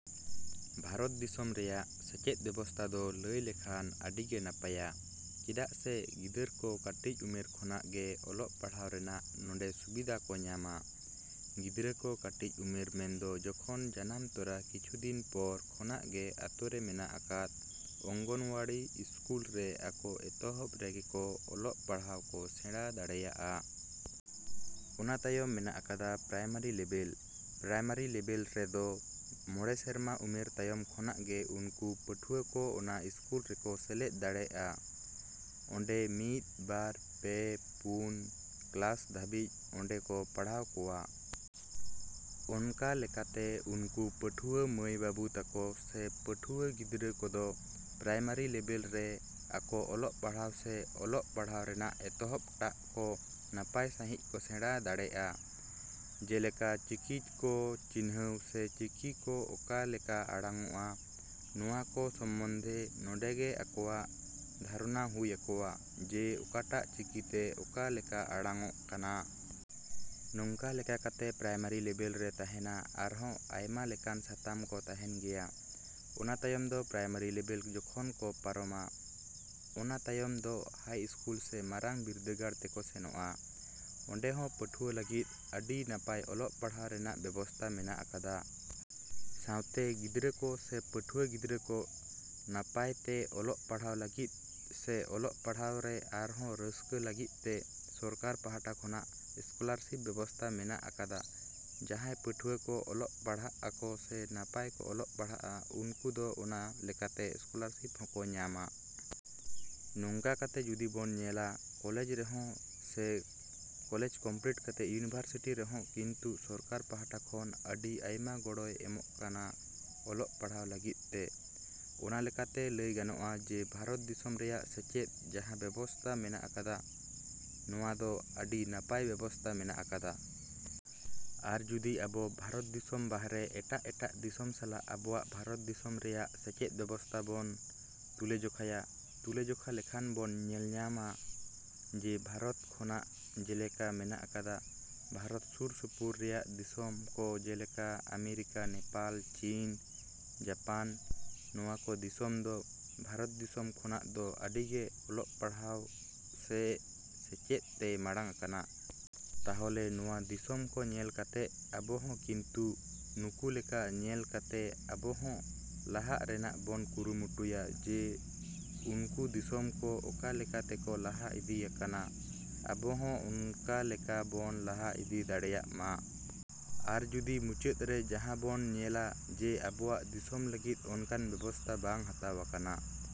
‎ᱵᱷᱟᱨᱚᱛ ᱫᱤᱥᱚᱢ ᱨᱮᱭᱟᱜ ᱥᱮᱪᱮᱫ ᱵᱮᱵᱚᱥᱛᱷᱟ ᱫᱚ ᱞᱟᱹᱭ ᱞᱮᱠᱷᱟᱱ ᱟᱹᱰᱤᱜᱮ ᱱᱟᱯᱟᱭᱟ, ᱪᱮᱫᱟᱜ ᱥᱮ ᱜᱤᱫᱽᱨᱟᱹ ᱠᱚ ᱠᱟᱹᱴᱤᱡ ᱩᱢᱮᱨ ᱠᱷᱚᱱᱟᱜ ᱜᱮ ᱚᱞᱚᱜ ᱯᱟᱲᱦᱟᱣ ᱨᱮᱱᱟᱜ ᱱᱚᱰᱮ ᱥᱩᱵᱤᱫᱷᱟ ᱠᱚ ᱧᱟᱢᱟ᱾ ᱜᱤᱫᱽᱨᱟᱹ ᱠᱚ ᱠᱟᱹᱴᱤᱡ ᱩᱢᱮᱨ ᱢᱮᱱᱮᱫ ᱡᱚᱠᱷᱚᱱ ᱡᱟᱱᱟᱢ ᱛᱚᱨᱟ ᱠᱤᱪᱷᱩ ᱫᱤᱱ ᱯᱚᱨ ᱠᱷᱚᱱᱟᱜ ᱜᱮ ᱟᱛᱳᱨᱮ ᱢᱮᱱᱟᱜ ᱟᱠᱟᱫ ᱚᱝᱜᱚᱱᱳᱣᱟᱲᱤ ᱤᱥᱠᱩᱞ ᱨᱮ ᱟᱠᱚ ᱮᱛᱚᱦᱚᱵ ᱨᱮᱜᱮ ᱠᱚ ᱚᱞᱚᱜ ᱯᱟᱲᱦᱟᱜ ᱠᱚ ᱥᱮᱬᱟ ᱫᱟᱲᱮᱭᱟᱜᱼᱟ᱾ ᱚᱱᱟ ᱛᱟᱭᱚᱢ ᱢᱮᱱᱟᱜ ᱟᱠᱟᱫᱟ ᱯᱨᱟᱭᱢᱟᱨᱤ ᱞᱮᱵᱮᱞ᱾ ᱯᱨᱟᱭᱢᱟᱨᱤ ᱞᱮᱵᱮᱞ ᱨᱮᱫᱚ ᱢᱚᱬᱮ ᱥᱮᱨᱢᱟ ᱩᱢᱮᱨ ᱛᱟᱭᱚᱢ ᱠᱷᱚᱱᱟᱜ ᱜᱮ ᱩᱱᱠᱩ ᱯᱟᱹᱴᱷᱩᱣᱟᱹ ᱠᱚ ᱚᱱᱟ ᱤᱥᱠᱩᱞ ᱨᱮᱠᱚ ᱥᱮᱞᱮᱫ ᱫᱟᱲᱮᱜᱼᱟ᱾ ᱚᱸᱰᱮ ᱢᱤᱫ, ᱵᱟᱨ, ᱯᱮ, ᱯᱩᱱ ᱠᱞᱟᱥ ᱫᱷᱟᱹᱵᱤᱡ ᱚᱸᱰᱮ ᱠᱚ ᱯᱟᱲᱦᱟᱣ ᱠᱚᱣᱟ᱾ ᱚᱱᱠᱟ ᱞᱮᱠᱟᱛᱮ ᱩᱱᱠᱩ ᱯᱟᱹᱴᱷᱩᱣᱟᱹ ᱢᱟᱹᱭᱼᱵᱟᱹᱵᱩ ᱛᱟᱠᱚ ᱥᱮ ᱯᱟᱹᱴᱷᱩᱣᱟᱹ ᱜᱤᱫᱽᱨᱟᱹ ᱠᱚᱫᱚ ᱯᱨᱟᱭᱢᱟᱨᱤ ᱞᱮᱵᱮᱞ ᱨᱮ ᱟᱠᱚ ᱚᱞᱚᱜ ᱯᱟᱲᱦᱟᱜ ᱥᱮ ᱚᱞᱚᱜ ᱯᱟᱲᱦᱟᱜ ᱨᱮᱱᱟᱜ ᱮᱛᱚᱦᱚᱵ ᱴᱟᱜ ᱠᱚ ᱱᱟᱯᱟᱭ ᱥᱟᱺᱦᱤᱡ ᱠᱚ ᱥᱮᱬᱟ ᱫᱟᱲᱮᱜᱼᱟ᱾ ᱡᱮᱞᱮᱠᱟ ᱪᱤᱠᱤ ᱠᱚ ᱪᱤᱱᱦᱟᱹᱣ ᱥᱮ ᱪᱤᱠᱤ ᱠᱚ ᱚᱠᱟ ᱞᱮᱠᱟ ᱟᱲᱟᱝ ᱚᱜᱼᱟ, ᱱᱚᱣᱟ ᱠᱚ ᱥᱚᱢᱚᱱᱫᱷᱮ ᱱᱚᱰᱮᱜᱮ ᱟᱠᱚᱣᱟᱜ ᱫᱷᱟᱨᱚᱱᱟ ᱦᱩᱭ ᱟᱠᱚᱣᱟ ᱡᱮ ᱚᱠᱟᱴᱟᱜ ᱪᱤᱠᱟᱹᱛᱮ ᱚᱠᱟ ᱞᱮᱠᱟ ᱟᱲᱟᱝ ᱚᱜ ᱠᱟᱱᱟ᱾ ᱱᱚᱝᱠᱟ ᱞᱮᱠᱟ ᱠᱟᱛᱮ ᱯᱨᱟᱭᱢᱟᱨᱤ ᱞᱮᱵᱮᱞ ᱨᱮ ᱛᱟᱦᱮᱱᱟ ᱟᱨᱦᱚᱸ ᱟᱭᱢᱟ ᱞᱮᱠᱟᱱ ᱥᱟᱛᱟᱢ ᱠᱚ ᱛᱟᱦᱮᱱ ᱜᱮᱭᱟ᱾ ᱚᱱᱟ ᱛᱟᱭᱚᱢ ᱫᱚ ᱯᱨᱟᱭᱢᱟᱨᱤ ᱞᱮᱵᱮᱞ ᱡᱚᱠᱷᱚᱱ ᱠᱚ ᱯᱟᱨᱚᱢᱟ, ᱚᱱᱟ ᱛᱟᱭᱚᱢ ᱫᱚ ᱦᱟᱭ ᱤᱥᱠᱩᱞ ᱥᱮ ᱢᱟᱨᱟᱝ ᱵᱤᱫᱽᱫᱟᱹᱜᱟᱲ ᱛᱮᱠᱚ ᱥᱮᱱᱚᱜᱼᱟ᱾ ᱚᱸᱰᱮ ᱦᱚᱸ ᱯᱟᱹᱴᱷᱩᱣᱟᱹ ᱞᱟᱹᱜᱤᱫ ᱟᱹᱰᱤ ᱱᱟᱯᱟᱭ ᱚᱞᱚᱜ ᱯᱟᱲᱦᱟᱣ ᱨᱮᱱᱟᱜ ᱵᱮᱵᱚᱥᱛᱷᱟ ᱢᱮᱱᱟᱜ ᱟᱠᱟᱫᱟ᱾ ᱥᱟᱶᱛᱮ ᱜᱤᱫᱽᱨᱟᱹ ᱠᱚ ᱥᱮ ᱯᱟᱹᱴᱷᱩᱣᱟᱹ ᱜᱤᱫᱽᱨᱟᱹ ᱠᱚ ᱱᱟᱯᱟᱭᱛᱮ ᱚᱞᱚᱜ ᱯᱟᱲᱦᱟᱣ ᱞᱟᱹᱜᱤᱫ ᱥᱮ ᱚᱞᱚᱜ ᱯᱟᱲᱦᱟᱣ ᱨᱮ ᱟᱨᱦᱚᱸ ᱨᱟᱹᱥᱠᱟᱹ ᱞᱟᱹᱜᱤᱫ ᱛᱮ ᱥᱚᱨᱠᱟᱨ ᱯᱟᱦᱴᱟ ᱠᱷᱚᱱᱟᱜ ᱥᱠᱚᱞᱟᱨᱥᱤᱯ ᱵᱮᱵᱚᱥᱛᱷᱟ ᱢᱮᱱᱟᱜ ᱟᱠᱟᱫᱟ᱾ ᱡᱟᱦᱟᱸᱭ ᱯᱟᱹᱴᱷᱩᱣᱟᱹ ᱠᱚ ᱚᱞᱚᱜ ᱯᱟᱲᱦᱟᱜ ᱟᱠᱚ ᱥᱮ ᱱᱟᱯᱟᱭ ᱠᱚ ᱚᱞᱚᱜ ᱯᱟᱲᱦᱟᱜᱼᱟ, ᱩᱱᱠᱩ ᱫᱚ ᱚᱱᱟ ᱞᱮᱠᱟᱛᱮ ᱥᱠᱚᱞᱟᱨᱥᱤᱯ ᱦᱚᱸᱠᱚ ᱧᱟᱢᱟ᱾ ᱱᱚᱝᱠᱟ ᱠᱟᱛᱮ ᱡᱩᱫᱤ ᱵᱚᱱ ᱧᱮᱞᱟ, ᱠᱚᱞᱮᱡᱽ ᱨᱮᱦᱚᱸ ᱥᱮ ᱠᱚᱞᱮᱡᱽ ᱠᱚᱢᱯᱞᱤᱴ ᱠᱟᱛᱮ ᱤᱭᱩᱱᱤᱵᱷᱟᱨᱥᱤᱴᱤ ᱨᱮᱦᱚᱸ ᱠᱤᱱᱛᱩ ᱥᱚᱨᱠᱟᱨ ᱯᱟᱦᱴᱟ ᱠᱷᱚᱱ ᱟᱹᱰᱤ ᱟᱭᱢᱟ ᱜᱚᱲᱚᱭ ᱮᱢᱚᱜ ᱠᱟᱱᱟ ᱚᱞᱚᱜ ᱯᱟᱲᱦᱟᱜ ᱞᱟᱹᱜᱤᱫ ᱛᱮ᱾ ᱚᱱᱟ ᱞᱮᱠᱟᱛᱮ ᱞᱟᱹᱭ ᱜᱟᱱᱚᱜᱼᱟ ᱡᱮ ᱵᱷᱟᱨᱚᱛ ᱫᱤᱥᱚᱢ ᱨᱮᱭᱟᱜ ᱥᱮᱪᱮᱫ ᱡᱟᱦᱟᱸ ᱵᱮᱵᱚᱥᱛᱷᱟ ᱢᱮᱱᱟᱜ ᱟᱠᱟᱫᱟ, ᱱᱚᱣᱟ ᱫᱚ ᱟᱹᱰᱤ ᱱᱟᱯᱟᱭ ᱵᱮᱵᱚᱥᱛᱷᱟ ᱢᱮᱱᱟᱜ ᱟᱠᱟᱫᱟ᱾ ᱟᱨ ᱡᱩᱫᱤ ᱟᱵᱚ ᱵᱷᱟᱨᱚᱛ ᱫᱤᱥᱚᱢ ᱵᱟᱦᱮᱨ ᱮᱴᱟᱜᱼᱮᱴᱟᱜ ᱫᱤᱥᱚᱢ ᱥᱟᱞᱟᱜ ᱟᱵᱚᱣᱟᱜ ᱵᱷᱟᱨᱚᱛ ᱫᱤᱥᱚᱢ ᱨᱮᱭᱟᱜ ᱥᱮᱪᱮᱫ ᱵᱮᱵᱚᱥᱛᱷᱟ ᱵᱚᱱ ᱛᱩᱞᱟᱹᱡᱚᱠᱷᱟᱭᱟ, ᱛᱩᱞᱟᱹᱡᱚᱠᱷᱟ ᱞᱮᱠᱷᱟᱱ ᱵᱚᱱ ᱧᱮᱧᱟᱢᱟ ᱡᱮ ᱵᱷᱟᱨᱚᱛ ᱠᱷᱚᱱᱟᱜ ᱡᱮᱞᱮᱠᱟ ᱢᱮᱱᱟᱜ ᱟᱠᱟᱫᱟ ᱵᱷᱟᱨᱚᱛ ᱥᱩᱨ ᱥᱩᱯᱩᱨ ᱨᱮᱭᱟᱜ ᱫᱤᱥᱚᱢ ᱠᱚ ᱡᱮᱞᱮᱠᱟ ᱟᱢᱮᱨᱤᱠᱟ, ᱱᱮᱯᱟᱞ, ᱪᱤᱱ, ᱡᱟᱯᱟᱱ, ᱱᱚᱣᱟ ᱠᱚ ᱫᱤᱥᱚᱢ ᱫᱚ ᱵᱷᱟᱨᱚᱛ ᱫᱤᱥᱚᱢ ᱠᱷᱚᱱᱟᱜ ᱫᱚ ᱟᱹᱰᱤᱜᱮ ᱚᱞᱚᱜ ᱯᱟᱲᱦᱟᱜ ᱥᱮ ᱥᱮᱪᱮᱫ ᱛᱮᱭ ᱢᱟᱲᱟᱝ ᱟᱠᱟᱱᱟ᱾ ᱛᱟᱦᱞᱮ ᱱᱚᱣᱟ ᱫᱤᱥᱚᱢ ᱠᱚ ᱧᱮᱞ ᱠᱟᱛᱮᱜ ᱟᱵᱚ ᱦᱚᱸ ᱠᱤᱱᱛᱩ ᱱᱩᱠᱩ ᱞᱮᱠᱟ ᱧᱮᱞ ᱠᱟᱛᱮ ᱟᱵᱚᱦᱚᱸ ᱞᱟᱦᱟᱜ ᱨᱮᱱᱟᱜ ᱵᱚᱱ ᱠᱩᱨᱩᱢᱩᱴᱩᱭᱟ ᱡᱮ ᱩᱱᱠᱩ ᱫᱤᱥᱚᱢ ᱠᱚ ᱚᱠᱟ ᱞᱮᱠᱟ ᱛᱮᱠᱚ ᱞᱟᱦᱟ ᱤᱫᱤ ᱟᱠᱟᱱᱟ, ᱟᱵᱚᱦᱚᱸ ᱚᱱᱠᱟ ᱞᱮᱠᱟ ᱵᱚᱱ ᱞᱟᱦᱟ ᱤᱫᱤ ᱫᱟᱲᱮᱭᱟᱜ ᱢᱟ᱾ ᱟᱨ ᱡᱩᱫᱤ ᱢᱩᱪᱟᱹᱫ ᱨᱮ ᱡᱟᱦᱟᱸ ᱵᱚᱱ ᱧᱮᱞᱟ ᱡᱮ ᱟᱵᱚᱣᱟᱜ ᱫᱤᱥᱚᱢ ᱞᱟ.ᱜᱤᱫ ᱚᱱᱠᱟᱱ ᱵᱮᱵᱚᱥᱛᱟ ᱵᱟᱝ ᱦᱟᱛᱟᱣ ᱟᱠᱟᱱᱟ ᱾